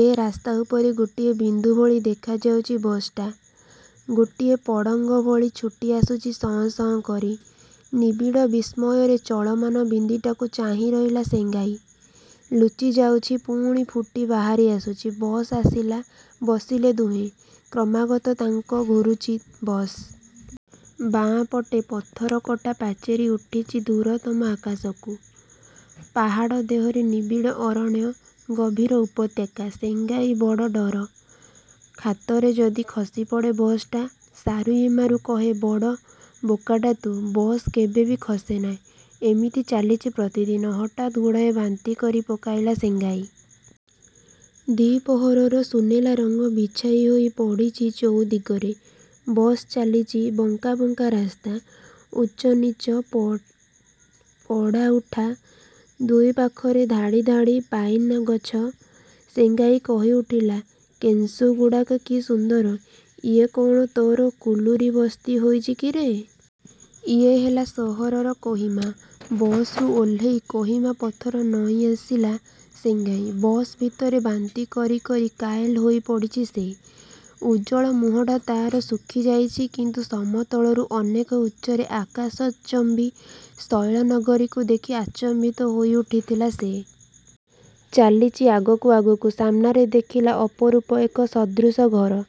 ଏ ରାସ୍ତା ଉପରେ ଗୋଟିଏ ବିନ୍ଦୁ ଭଳି ଦେଖାଯାଉଚି ବସ୍ଟା। ଗୋଟାଏ ପତଙ୍ଗ ଭଳି ଛୁଟିଆସୁଛି ସଁ ସଁ କରି। ନିବିଡ଼ ବିସ୍ମୟରେ ଚଳମାନ ବିନ୍ଦୁଟାକୁ ଚାହିଁ ରହିଲା ସେଙ୍ଗାଇ। ଲୁଚି ଯାଉଚି, ପୁଣି ଫୁଟି ବାହାରି ଆସୁଚି। ବସ୍ ଆସିଲା, ବସିଲେ ଦୁହେଁ। କ୍ରମାଗତ ବାଙ୍କ ଘୁରୁଚି ବସ୍। ବାଁ ପଟେ ପଥର କଟା ପାଚିରୀ ଉଠିଚି ଦୂରତମ ଆକାଶକୁ। ପାହାଡ଼ ଦେହରେ ନିବିଡ଼ ଅରଣ୍ୟ, ଗଭୀର ଉପତ୍ୟକା। ସେଙ୍ଗାଇର ବଡ଼ ଡ଼ର, ଖାତରେ ଯଦି ଖସିପଡ଼େ ବସ୍ଟା। ସାରୁୟାମାରୁ କହେ ବଡ଼ ବୋକାଟା ତୁ। ବସ କେବେବି ଖସେନା, ଇମିତି ଚାଲିଚି ପ୍ରତିଦିନ। ହଠାତ୍ ଗୁଡ଼ାଏ ବାନ୍ତି କରି ପକାଇଲା ସେଙ୍ଗାଇ। ଦିପହରର ସୁନେଲା ରଙ୍ଗ ବିଛେଇ ହୋଇ ପଡ଼ିଛି ଚଉଦିଗରେ। ବସ୍ ଚାଲିଚି। ବଙ୍କା ବଙ୍କା ରାସ୍ତା। ଉଚ୍ଚନୀଚ, ପଡ଼ା ଉଠା। ଦୁଇ ପାଖରେ ଧାଡ଼ି ଧାଡ଼ି ପାଇନଗଛ। ସେଙ୍ଗାଇ କହିଉଠିଲା କେସୁଂ ଗୁଡ଼ାକ କି ସୁନ୍ଦର। ଏଇ କ'ଣ ତୋର କୁଲୁରୀ ବସ୍ତି ହୋଇଚି କିରେ! ଇଏ ହେଲା ସହର କୋହିମା। ବସରୁ ଓହ୍ଲେଇ କୋହିମା ପଥରେ ନଇଁ ଆସିଲା ସେଙ୍ଗାଇ। ବସ ଭିତରେ ବାନ୍ତି କରି କରି କାଏଲ୍ ହୋଇପଡ଼ିଛି ସେ। ଉଜ୍ଜ୍ୱଳ ମୁହଁଟା ତାର ଶୁଖିଯାଇଛି କିନ୍ତୁ ସମତଳରୁ ଅନେକ ଉଚ୍ଚରେ ଆକାଶଶ୍ଚମ୍ବୀ ଶୈଳନଗରୀକୁ ଦେଖି ଆଚମ୍ବିତ ହୋଇଉଠିଥିଲା ସେ। ଚାଲିଚି ଆଗକୁ ଆଗକୁ। ସାମନାରେ ଦେଖିଲା ଅପରୂପ ଏକ ସଦୃଶ ଘର।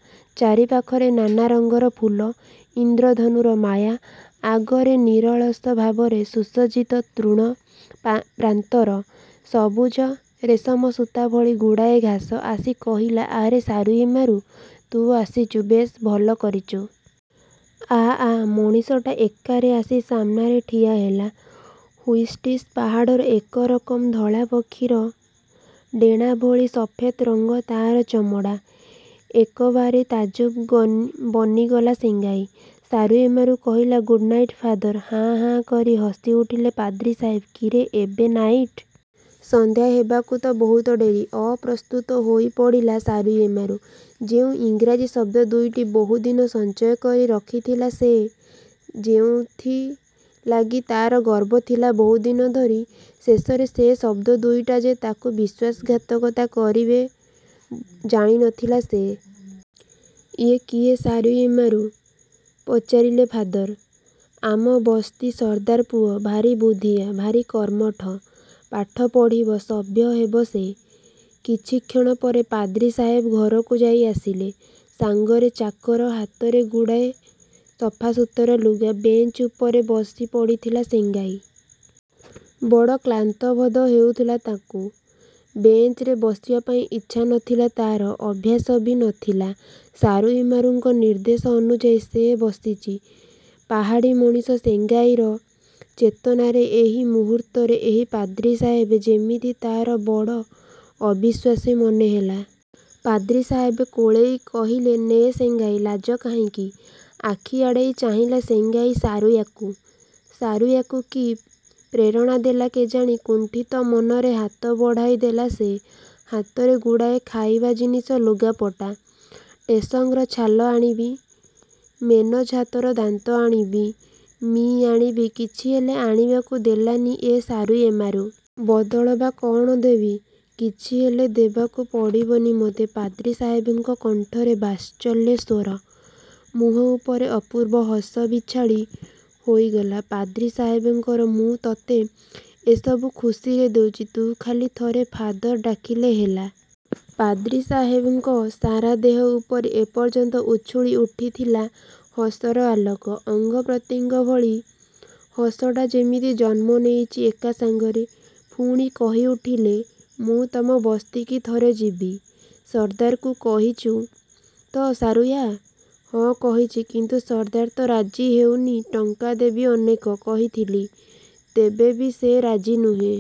ଚାରିପାଖରେ ନାନା ରଙ୍ଗର ଫୁଲ। ଇନ୍ଦ୍ରଧନୁର ମାୟା। ଆଗରେ ନିରଳସ ଭାବରେ ସୁସଜ୍ଜିତ ତୃଣପ୍ରାନ୍ତର। ସବୁଜ ରେଶମ ସୂତା ଭଳି ଗୁଡ଼ାଏ ଘାସ। ଆସି କହିଲା ଆରେ ସାରୁଆମାରୁ! ତୁ ଆସିଚୁ? ବେଶ ଭଲ କରିଚୁ। ଆ ଆ। ମଣିଷଟା ଏକ୍ବାରେ ଆସି ସାମନାରେ ଠିଆହେଲା। ହୁଇସ୍ଟସି ପାହାଡ଼ର ଏକରକମ ଧଳା ପକ୍ଷୀର ଡ଼େଣା ଭଳି ସଫେତ ରଙ୍ଗ ତାର ଚମଡ଼ା। ଏକବାରେ ତାଜୁବ ବନିଗଲା ସେଙ୍ଗାଇ। ସାରୁୟାମାରୁ କହିଲା ଗୁଡ଼ନାଇଟ୍ ଫାଦର। ହାଁ ହାଁ କରି ହସିଉଠିଲେ ପାଦ୍ରୀ ସାହେବ କିରେ ଏବେ ନାଇଟ! ସନ୍ଧ୍ୟା ହେବାକୁ ତ ବହୁତ ଡେରି! ଅପ୍ରସ୍ତୁତ ହୋଇପଡ଼ିଲା ସାରୁୟାମାରୁ। ଯେଉଁ ଇଂରେଜୀ ଶବ୍ଦ ଦୁଇଟି ବହୁଦିନୁ ସଞ୍ଚୟ କରିରଖିଥିଲା ସେ, ଯେଉଁଥିଲାଗି ତାର ଗର୍ବ ଥିଲା ବହୁଦିନ ଧରି, ଶେଷରେ ସେ ଶବ୍ଦ ଦୁଇଟା ଯେ ତାକୁ ବିଶ୍ୱାସଘାତକତା କରିବେ ଜାଣି ନଥିଲା ସେ। ଇଏ କିଏ ସାରୁୟାମାରୁ! ପଚାରିଲେ ଫାଦର। ଆମ ବସ୍ତି ସର୍ଦ୍ଦାରର ପୁଅ। ଭାରି ବୁଦ୍ଧିଆ, ଭାରି କର୍ମଠ। ପାଠ ପଢ଼ିବ, ସଭ୍ୟ ହେବ ସେ। କିଛିକ୍ଷଣ ପରେ ପାଦ୍ରୀ ସାହେବ ଘରକୁ ଯାଇ ଆସିଲେ। ସାଙ୍ଗରେ ଚାକର। ହାତରେ ଗୁଡ଼ାଏ ସଫାସୁତୁରା ଲୁଗା। ବେଞ୍ଚ ଉପରେ ବସି ପଡ଼ିଥିଲା ସେଙ୍ଗାଇ। ବଡ଼ କ୍ଳାନ୍ତ ବୋଧ ହେଉଥିଲା ତାକୁ। ବେଞ୍ଚରେ ବସିବା ପାଇଁ ଇଚ୍ଛା ନ ଥିଲା ତାର। ଅଭ୍ୟାସ ବି ନ ଥିଲା। ସାରୁୟାମାରୁଙ୍କ ନିର୍ଦ୍ଦେଶ ଅନୁଯାୟୀ ସେ ବସିଚି। ପାହାଡ଼ୀ ମଣିଷ ସେଙ୍ଗାଇର ଚେତନାରେ ଏହି ମୁହୂର୍ତ୍ତରେ ଏହି ପାଦ୍ରୀ ସାହେବ ଯେମିତି ତାର ବଡ଼ ଅବିଶ୍ୱାସ୍ୟ ମନେ ହେଲା। ପାଦ୍ରୀ ସାହେବ କୋଳେଇ କହିଲେ ନେ ସେଙ୍ଗାଇ, ଲାଜ କାହିଁକି? ଆଖି ଆଡ଼େଇ ଚାହିଁଲା ସେଙ୍ଗାଇ ସାରୁୟାକୁ। ସାରୁୟାକୁ କି ପ୍ରେରଣାଦେଲା କେଜାଣି, କୁଣ୍ଠିତ ମନରେ ହାତ ବଢ଼ାଇ ଦେଲା ସେ। ହାତରେ ଗୁଡ଼ାଏ ଖାଇବା ଜିନିଷ, ଲୁଗାପଟା। ଟେସଙ୍ଗର ଛାଲ ଆଣିବି, ମେନଜୋ ହାତୀର ଦାନ୍ତ ଆଣିବି, ମି ଆଣିବି କିଛି ହେଲେ ଆଣିବାକୁ ଦେଲାନି ଏ ସାରୁୟାମାରୁ। ବଦଳ ବା କ'ଣ ଦେବି? ''କିଛି ହେଲେ ଦେବାକୁ ପଡ଼ିବିନି ମତେ'' ପାଦ୍ରୀ ସାହେବଙ୍କ କଣ୍ଠରେ ବାତ୍ସଲ୍ୟସ୍ୱର। ମୁହଁ ଉପରେ ଅପୂର୍ବ ହସ ବିଛାଡ଼ି ହୋଇଗଲା ପାଦ୍ରୀ ସାହେବଙ୍କର। ମୁଁ ତତେ ଏସବୁ ଖୁସିରେ ଦେଉଚି, ତୁ ଖାଲି ଥରେ ଫାଦର ଡାକିଲେ ହେଲା। ପାଦ୍ରୀ ସାହେବଙ୍କ ସାରା ଦେହ ଉପରେ ଏପର୍ଯ୍ୟନ୍ତ ଉଛୁଳି ଉଠୁଥିଲା ହସର ଆଲୋକ। ଅଙ୍ଗପ୍ରତ୍ୟଙ୍ଗ ଭଳି ହସଟା ଯେମିତି ଜନ୍ମ ନେଇଚି ଏକା ସାଙ୍ଗରେ। ପୁଣି କହିଉଠଲେ, ''ମୁଁ ତମ ବସ୍ତିକି ଥରେ ଯିବି, ସର୍ଦ୍ଦାରକୁ କହିଚୁ ତ ସାରୁୟା!'' ହଁ କହିଚି, କିନ୍ତୁ ସର୍ଦ୍ଦାର ତ ରାଜି ହେଉନି। ଟଙ୍କା ଦେବି ଅନେକ। କହିଥିଲି। ତେବେ ବି ସେ ରାଜି ନୁହେଁ।